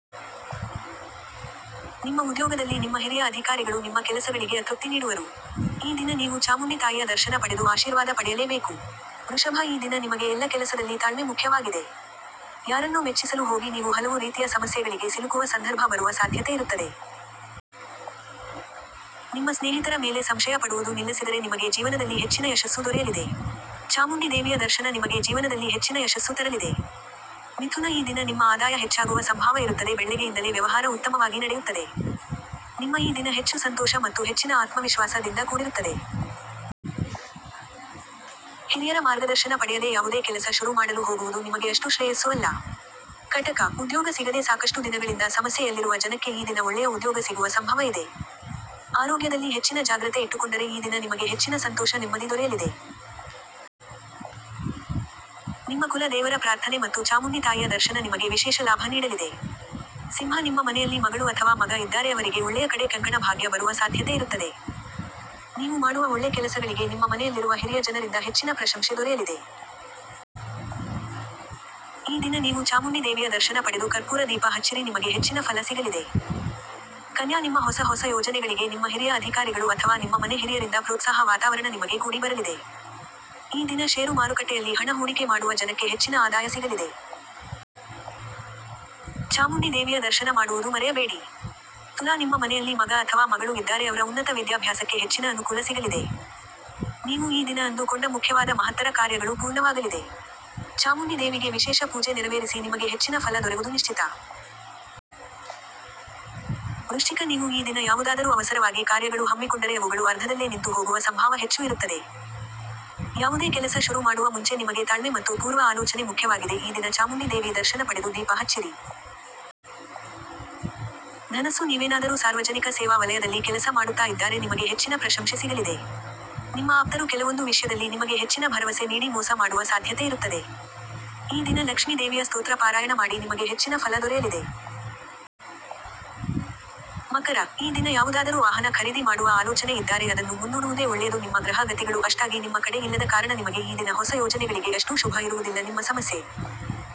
ನಿಮ್ಮ ಉದ್ಯೋಗದಲ್ಲಿ ನಿಮ್ಮ ಹಿರಿಯ ಅಧಿಕಾರಿಗಳು ನಿಮ್ಮ ಕೆಲಸಗಳಿಗೆ ಅತೃಪ್ತಿ ನೀಡುವರು. ಈ ದಿನ ನೀವು ಚಾಮುಂಡಿ ತಾಯಿಯ ದರ್ಶನ ಪಡೆದು ಆಶೀರ್ವಾದ ಪಡೆಯಲೇ ಬೇಕು. ವೃಷಭ- ಈ ದಿನ ನಿಮಗೆ ಎಲ್ಲ ಕೆಲಸದಲ್ಲಿ ತಾಳ್ಮೆ ಮುಖ್ಯ ವಾಗಿದೆ. ಯಾರನ್ನೋ ಮೆಚ್ಚಿಸಲು ಹೋಗಿ ನೀವು ಹಲವು ರೀತಿಯ ಸಮಸ್ಯೆಗಳಿಗೆ ಸಿಲುಕುವ ಸಂಧರ್ಭ ಬರುವ ಸಾಧ್ಯತೆ ಇರುತ್ತದೆ. ನಿಮ್ಮ ಸ್ನೇಹಿತರ ಮೇಲೆ ಸಂಶಯ ಪಡುವುದು ನಿಲ್ಲಸಿದರೆ ನಿಮಗೆ ಜೀವನದಲ್ಲಿ ಹೆಚ್ಚಿನ ಯಶಸ್ಸು ದೊರೆಯಲಿದೆ. ಚಾಮುಂಡಿ ದೇವಿಯ ದರ್ಶನ ನಿಮಗೆ ಜೀವನದಲ್ಲಿ ಹೆಚ್ಚಿನ ಯಶಸ್ಸು ತರಲಿದೆ. ಮಿಥುನ- ಈ ದಿನ ನಿಮ್ಮ ಆದಾಯ ಹೆಚ್ಚಾಗುವ ಸಂಭಾವ ಇರುತ್ತದೆ ಬೆಳ್ಳೆಗೆಯಿಂದಲೇ ವ್ಯವಹಾರ ಉತ್ತಮವಾಗಿ ನಡೆಯುತ್ತದೆ. ನಿಮ್ಮ ಈ ದಿನ ಹೆಚ್ಚು ಸಂತೋಷ ಮತ್ತು ಹೆಚ್ಚಿನ ಆತ್ಮವಿಶ್ವಾಸ ದಿಂದ ಕೂಡಿರುತ್ತದೆ. ಹಿರಿಯರ ಮಾರ್ಗದರ್ಶನ ಪಡೆಯದೇ ಯಾವುದೇ ಕೆಲಸ ಶುರು ಮಾಡಲು ಹೋಗುವುದು ನಿಮಗೆ ಅಷ್ಟು ಶ್ರೇಯಸ್ಸು ಅಲ್ಲ. ಕಟಕ: ಉದ್ಯೋಗ ಸಿಗದೇ ಸಾಕಷ್ಟು ದಿನಗಳಿಂದ ಸಮಸ್ಯೆ ಯಲ್ಲಿರುವ ಜನಕ್ಕೆ ಈ ದಿನ ಒಳ್ಳೆಯ ಉದ್ಯೋಗ ಸಿಗುವ ಸಂಭವ ಇದೆ. ಆರೋಗ್ಯದಲ್ಲಿ ಹೆಚ್ಚಿನ ಜಾಗ್ರತೆ ಇಟ್ಟುಕೊಂಡರೆ ಈ ದಿನ ನಿಮಗೆ ಹೆಚ್ಚಿನ ಸಂತೋಷ ನೆಮ್ಮದಿ ದೊರೆಯಲಿದೆ. ನಿಮ್ಮ ಕುಲ ದೇವರ ಪ್ರಾರ್ಥನೆ ಮತ್ತು ಚಾಮುಂಡಿ ತಾಯಿಯ ದರ್ಶನ ನಿಮಗೆ ವಿಶೇಷ ಲಾಭ ನೀಡಲಿದೆ. ಸಿಂಹ- ನಿಮ್ಮ ಮನೆಯಲ್ಲಿ ಮಗಳು ಅಥವಾ ಮಗ ಇದ್ದಾರೆ ಅವರಿಗೆ ಒಳ್ಳೆಯ ಕಡೆ ಕಂಕಣ ಭಾಗ್ಯ ಬರುವ ಸಾಧ್ಯತೆ ಇರುತ್ತದೆ. ನೀವು ಮಾಡುವ ಒಳ್ಳೆ ಕೆಲಸಗಳಿಗೆ ನಿಮ್ಮ ಮನೆಯಲ್ಲಿರುವ ಹಿರಿಯ ಜನರಿಂದ ಹೆಚ್ಚಿನ ಪ್ರಶಂಶೆ ದೊರೆಯಲಿದೆ. ಈ ದಿನ ನೀವು ಚಾಮುಂಡಿ ದೇವಿಯ ದರ್ಶನ ಪಡೆದು ಕರ್ಪೂರ ದೀಪ ಹಚ್ಚಿರಿ ನಿಮಗೆ ಹೆಚ್ಚಿನ ಫಲ ಸಿಗಲಿದೆ. ಕನ್ಯಾ- ನಿಮ್ಮ ಹೊಸ ಹೊಸ ಯೋಜನೆಗಳಿಗೆ ನಿಮ್ಮ ಹಿರಿಯ ಅಧಿಕಾರಿಗಳು ಅಥವಾ ನಿಮ್ಮ ಮನೆ ಹಿರಿಯರಿಂದ ಪ್ರೋತ್ಸಾಹ ವಾತಾವರಣ ನಿಮಗೆ ಕೂಡಿ ಬರಲಿದೆ. ಈ ದಿನ ಷೇರು ಮಾರುಕಟ್ಟೆಯಲ್ಲಿ ಹಣ ಹೂಡಿಕೆ ಮಾಡುವ ಜನಕ್ಕೆ ಹೆಚ್ಚಿನ ಆದಾಯ ಸಿಗಲಿದೆ. ಚಾಮುಂಡಿ ದೇವಿಯ ದರ್ಶನ ಮಾಡುವುದು ಮರೆಯಬೇಡಿ. ತುಲಾ- ನಿಮ್ಮ ಮನೆಯಲ್ಲಿ ಮಗ ಅಥವಾ ಮಗಳು ಇದ್ದಾರೆ ಅವ್ರ ಉನ್ನತ ವಿದ್ಯಾಭ್ಯಾಸಕ್ಕೆ ಹೆಚ್ಚಿನ ಅನುಕೂಲ ಸಿಗಲಿದೆ. ನೀವು ಈ ದಿನ ಅಂದು ಕೊಂಡ ಮುಖ್ಯವಾದ ಮಹತ್ತರ ಕಾರ್ಯಗಳು ಪೂರ್ಣವಾಗಲಿದೆ. ಚಾಮುಂಡಿ ದೇವಿಗೆ ವಿಶೇಷ ಪೂಜೆ ನೆರವೇರಿಸಿ ನಿಮಗೆ ಹೆಚ್ಚಿನ ಫಲ ದೊರೆವುದು ನಿಶ್ಚಿತ. ವೃಶ್ಚಿಕ- ನೀವು ಈ ದಿನ ಯಾವುದಾದರೂ ಅವಸರವಾಗಿ ಕಾರ್ಯಗಳು ಹಮ್ಮಿಕೊಂಡರೆ ಅವುಗಳು ಅರ್ಧದಲ್ಲೇ ನಿಂತು ಹೋಗುವ ಸಂಭಾವ ಹೆಚ್ಚು ಇರುತ್ತದೆ. ಯಾವುದೇ ಕೆಲಸ ಶುರು ಮಾಡುವ ಮುಂಚೆ ನಿಮಗೆ ತಾಳ್ಮೆ ಮತ್ತು ಪೂರ್ವ ಆಲೋಚನೆ ಮುಖ್ಯವಾಗಿದೆ ಈ ದಿನ ಚಾಮುಂಡಿ ದೇವಿ ದರ್ಶನ ಪಡೆದು ದೀಪ ಹಚ್ಚಿರಿ. ಧನಸ್ಸು- ನೀವೇನಾದರೂ ಸಾರ್ವಜನಿಕ ಸೇವಾ ವಲಯದಲ್ಲಿ ಕೆಲಸ ಮಾಡುತ್ತಾ ಇದ್ದಾರೆ ನಿಮಗೆ ಹೆಚ್ಚಿನ ಪ್ರಶಂಶೆ ಸಿಗಲಿದೆ. ನಿಮ್ಮ ಆಪ್ತರು ಕೆಲವೊಂದು ವಿಷ್ಯದಲ್ಲಿ ನಿಮಗೆ ಹೆಚ್ಚಿನ ಭರವಸೆ ನೀಡಿ ಮೋಸ ಮಾಡುವ ಸಾಧ್ಯತೆ ಇರುತ್ತದೆ. ಈ ದಿನ ಲಕ್ಷ್ಮಿ ದೇವಿಯ ಸ್ತೋತ್ರ ಪಾರಾಯಣ ಮಾಡಿ ನಿಮಗೆ ಹೆಚ್ಚಿನ ಫಲ ದೊರೆಯಲಿದೆ. ಮಕರ: ಈ ದಿನ ಯಾವುದಾದರೂ ವಾಹನ ಖರೀದಿ ಮಾಡುವ ಆಲೋಚನೆ ಇದ್ದಾರೆ ಅದನ್ನು ಮುಂದೂಡುವುದೇ ಒಳ್ಳೆಯದು ನಿಮ್ಮ ಗ್ರಹ ಗತಿಗಳು ಅಷ್ಟಾಗಿ ನಿಮ್ಮ ಕಡೆ ಇಲ್ಲದ ಕಾರಣ ನಿಮಗೆ ಈ ದಿನ ಹೊಸ ಯೋಜನೆಗಳಿಗೆ ಅಷ್ಟು ಶುಭ ಇರುವುದಿಲ್ಲ ನಿಮ್ಮ ಸಮಸ್ಯೆ